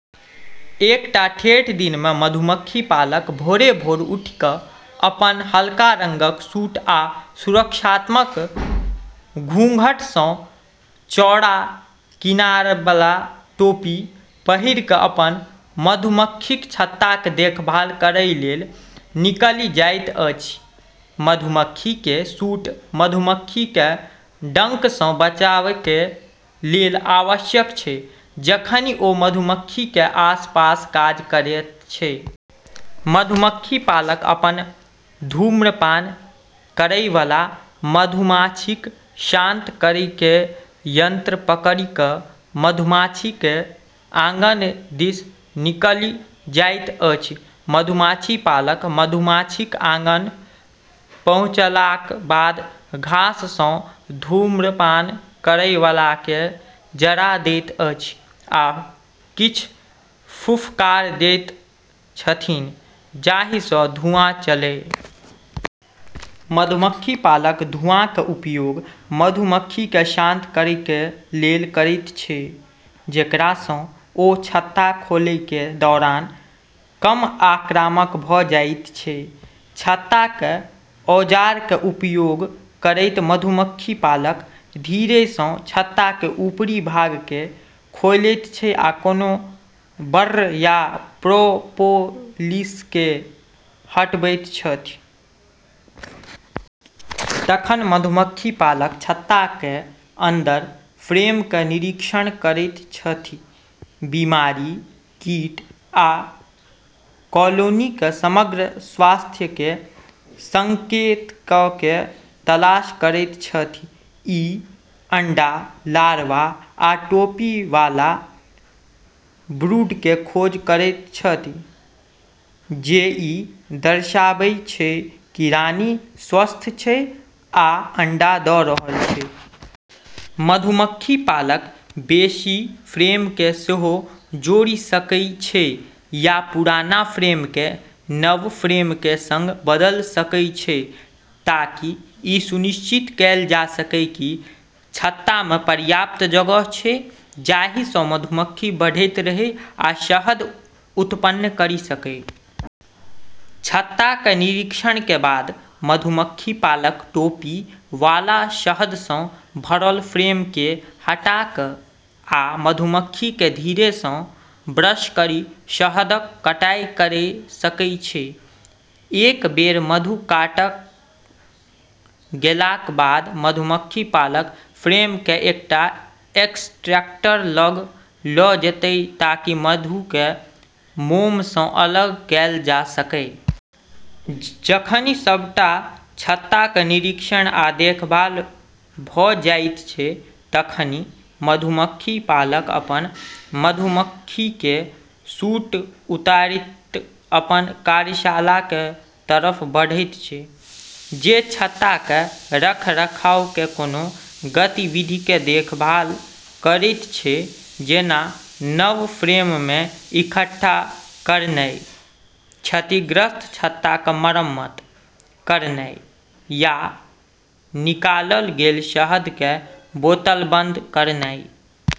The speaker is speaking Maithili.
एकटा ठेठ दिनमे मधुमक्खी पालक भोरे-भोर उठि क' अपन हल्का रंगक सूट आ सुरक्षात्मक घूंघटसँ चौड़ा किनाराबला टोपी पहिरि क' अपन मधुमक्खीक छत्ताक देखभाल करय लेल निकलि जाइत अछि। मधुमक्खीके सूट मधुमक्खीके डंकसँ बचावके लेल आवश्यक छै, जखनि ओ मधुमक्खीके आसपास काज करैत छै। मधुमक्खी पालक अपन धूम्रपान करयवला, मधुमाछीके शांत करैके यंत्र पकड़ि क' मधुमाछीके आँगन दिस निकलि जाइत अछि। मधुमाछी पालक मधुमाछीक आँगन पहुँचलाक बाद घाससँ धूम्रपान करयवलाकेँ जरा दैत छथि, आ किछ फुफकार दैत छथिन जाहिसँ धुँआ चलय। मधुमक्खी पालक धुआँके उपयोग मधुमक्खीके शांत करैके लेल करैत छै, जेकरासँ ओ छत्ता खोलैके दौरान कम आक्रामक भ' जाइत छै। छत्ताके औजारके उपयोग करैत मधुमक्खी पालक धीरेसँ छत्ताके ऊपरी भागके खोलैत छै आ कोनो बर्र या प्रोपोलिसके हटबैत छथि । तखन मधुमक्खी पालक छत्ताके अंदर फ्रेमके निरीक्षण करैत छथि, बीमारी, कीट, आ कॉलोनीके समग्र स्वास्थ्यके संकेतकके तलाश करैत छथि । ई अंडा, लार्वा, आ टोपी वाला ब्रूडके खोज करैत छथि, जे ई दर्शाबै छै कि रानी स्वस्थ छै आ अंडा द' रहल छै। मधुमक्खी पालक बेशी फ्रेमके सेहो जोड़ि सकै छै या पुरान फ्रेमके नव फ्रेमके सङ्ग बदल सकै छै, ताकि ई सुनिश्चित कैल जा सकै कि छत्तामे पर्याप्त जगह छै जाहिसँ मधुमक्खी बढ़ैत रहै आ शहद उत्पन्न करि सकै। छत्ताक निरीक्षणके बाद मधुमक्खी पालक टोपी वाला शहदसँ भरल फ्रेमके हटा क', आ मधुमक्खीके धीरेसँ ब्रश करि शहदक कटाइ करि सकै छै। एक बेर मधु काटल गेलाक बाद मधुमक्खी पालक फ्रेमके एकटा एक्सट्रैक्टर लग ल' जेतय ताकि मधुके मोमसँ अलग कैल जा सकय। जखनि सबटा छत्ताक निरीक्षण आ देखभाल भ' जाइत छै, तखनि मधुमक्खी पालक अपन मधुमक्खीके सूट उतारैत अपन कार्यशालाके तरफ बढ़ैत छै, जे छत्ताके रखरखावके कोनो गतिविधिके देखभाल करैत छै जेना नव फ्रेममे इकट्ठा करनाइ, क्षतिग्रस्त छत्ताक मरम्मत करनाइ, या निकालल गेल शहदके बोतलबंद करनाइ।